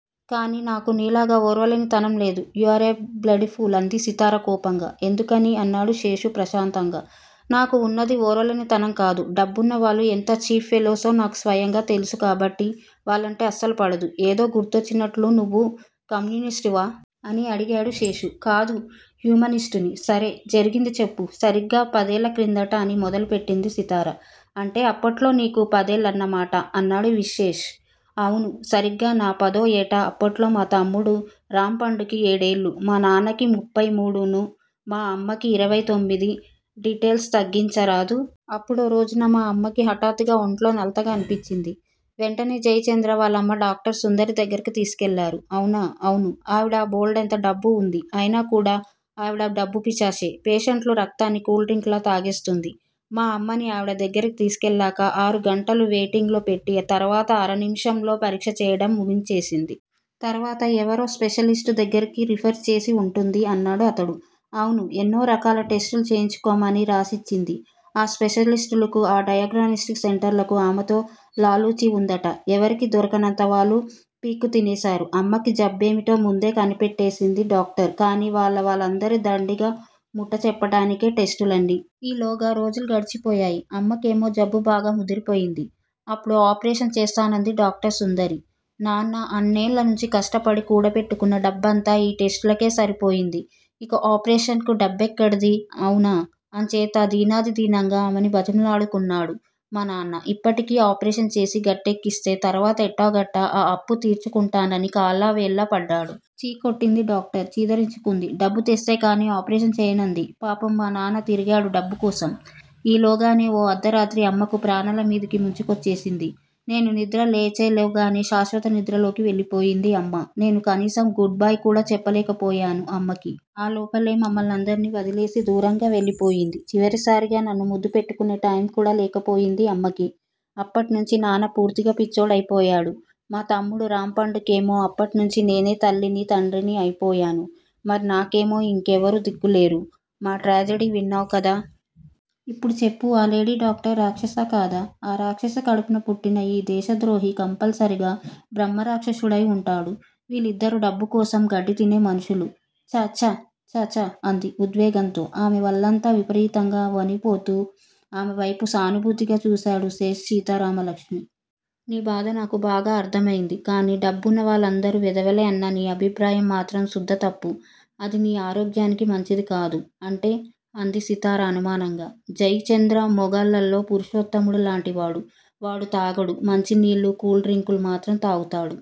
కానీ నాకు నీలాగా ఓర్వలేనితనం లేదు. యూఆర్ ఏ బ్లడీఫూల్ అంది సితార కోపంగా. ఎందుకని? అన్నాడు శేషు ప్రశాంతంగా. నాకు ఉన్నదీ ఓర్వలేనితనం కాదు. డబ్బున్న వాళ్ళు ఎంత ఛీప్ ఫెలో సో నాకు స్వయంగా తెలుసు కాబట్టే వాళ్ళంటే అస్సలు పడదు. ఏదో గుర్తొచ్చినట్లు నువ్వు కమ్యూనిస్టువా? అని అడిగాడు శేషు. కాదు హ్యూమనిస్టుని. సరే! జరిగింది చెప్పు. సరిగ్గా పదేళ్ళ క్రిందట అని మొదలెట్టింది సితార. అంటే అప్పట్లో నీకు పదేళ్ళన్నమాట అన్నాడు విశేష్. అవును! సరిగ్గా నా పదో ఏట, అప్పట్లో మా తమ్ముడు రాంపండుకి ఏడేళ్ళూ, మా నాన్నకి ముఫ్ఫయి మూడూనూ, మా అమ్మకి ఇరవై తొమ్మిది డిటెయిల్స్ తగ్గించరాదూ? అప్పుడో రోజున మా అమ్మకి హఠాత్తుగా ఒంట్లో నలతగా అనిపించింది. వెంటనే జెయ్ చంద్ర వాళ్ళమ్మ డాక్టర్ సుందరి దగ్గరకు తీసుకెళ్ళారు. ఔనా? ఔను! ఆవిడకి బోల్డెంత డబ్బు వుంది. అయినా కూడా ఆవిడ డబ్బుపిశాచే. పేషెంట్ల రక్తాన్ని కూల్ డ్రింక్ లా తాగేస్తుంది. మా అమ్మని ఆవిడ దగ్గరికి తీసుకెళ్ళాక ఆరుగంటలు వెయిటింగులో పెట్టి, తర్వాత అరనిమిషంలో పరీక్షచెయ్యడం ముగించేసింది. తర్వాత ఎవరో స్పెషలిస్టు దగ్గరికి రిఫర్ చేసి వుంటుంది అన్నాడు అతడు. అవును! ఎన్నో రకాల టెస్టులు చేయించుకోమని రాసిచ్చింది. ఆ స్పెషలిస్టులకీ, ఆ డయాగ్నోస్టిక్ సెంటర్లకీ ఆమెతో లాలూచీ వుందట. ఎవరికి దొరికినంత వాళ్ళు పీక్కు తినేశారు. అమ్మకి జబ్బేమిటో ముందే కనిపెట్టేసింది డాక్టర్, కానీ వాళ్ళ వాళ్ళందరికీ దండిగా ముట్టచెప్పడానికే టెస్టులన్నీ. ఈలోగా రోజులు గడచిపోయాయి. అమ్మకేమో జబ్బుబాగా ముదిరిపోయింది. అప్పుడు ఆపరేషన్ చేస్తానంది డాక్టర్ సుందరి. నాన్న అన్నేళ్ళనుంచి కష్టపడి కూడబెట్టుకున్న డబ్బంతా ఈ టెస్టులకే సరిపోయింది. ఇంక ఆపరేషన్ కి డబ్బెక్కడిదీ? అవునా? అంచేత దీనాతిదీనంగా ఆమెని బతిమలాడుకున్నాడు మా నాన్న. ఇప్పటికి ఆపరేషన్ చేసి గట్టెక్కిస్తే తర్వాత ఎట్లాగొట్లా ఆ అప్పు తీర్చుకుంటానని కాళ్ళా వేళ్ళా పడ్డాడు. ఛీ కొట్టింది డాక్టరు, చీదరించుకుంది. డబ్బుతెస్తేగానీ ఆపరేషన్ చెయ్యనంది. పాపం మా నాన్న తిరిగాడు డబ్బు కోసం. ఈలోగానే ఓ అర్దరాత్రి అమ్మకి ప్రాణాలమీదికి ముంచుకొచ్చేసింది. నేను నిద్ర లేచేలోగానే శాశ్వత నిద్రలోకి వెళ్ళిపోయింది అమ్మ. నేను కనీసం గుడ్ బై కూడా చెప్పలేకపోయాను అమ్మకి. ఆ లోపలే మమ్మల్నందర్నీ వదిలేసి దూరంగా వెళ్ళిపోయింది. చివరిసారిగా నన్ను ముద్దు పెట్టుకునే టైముకూడా లేకపోయింది అమ్మకి. అప్పట్నుంచీ నాన్న పూర్తిగా పిచ్చోడైపోయాడు. మా తమ్ముడు రాంపండుకేమో అప్పట్నుంచీ నేనే తల్లినీ, తండ్రినీ అయిపోయాను. మరి నాకేమో యింకెవరూ దిక్కు లేరు. మా ట్రాజెడీ విన్నావ్ గదా! ఇప్పుడు చెప్పు. ఆ లేడీ డాక్టరు రాక్షసా కాదా? ఆ రాక్షసి కడుపున పుట్టిన ఈ దేశద్రోహి కంపల్సరీగా బ్రహ్మరాక్షసుడై వుంటాడు. వీళ్ళందరూ డబ్బుకోసం గడ్డితినే మనుషులు. ఛఛ ఛఛ! అంది. ఉద్వేగంతో ఆమె వళ్ళంతా విపరీతంగా ఒణికిపోతోంది. ఆమెవైపు సానుభూతిగా చూశాడు శేషు సీతారామలక్ష్మీ! నీ బాధ నాకు బాగా అర్ధమయ్యింది. కానీ డబ్బున్నవాళ్ళందరూ వెధవలే అన్న నీ అభిప్రాయం మాత్రం శుద్ద తప్పు. అది నీ ఆరోగ్యానికి మంచిది కాదు. అంటే? అంది సితార అనుమానంగా. జెయ్ చంద్ర మొగాళ్ళలో పురుషోత్తముడిలాంటివాడు. వాడు తాగడు. మంచినీళ్ళు, కూల్ డ్రింకులూ మాత్రం తాగుతాడు.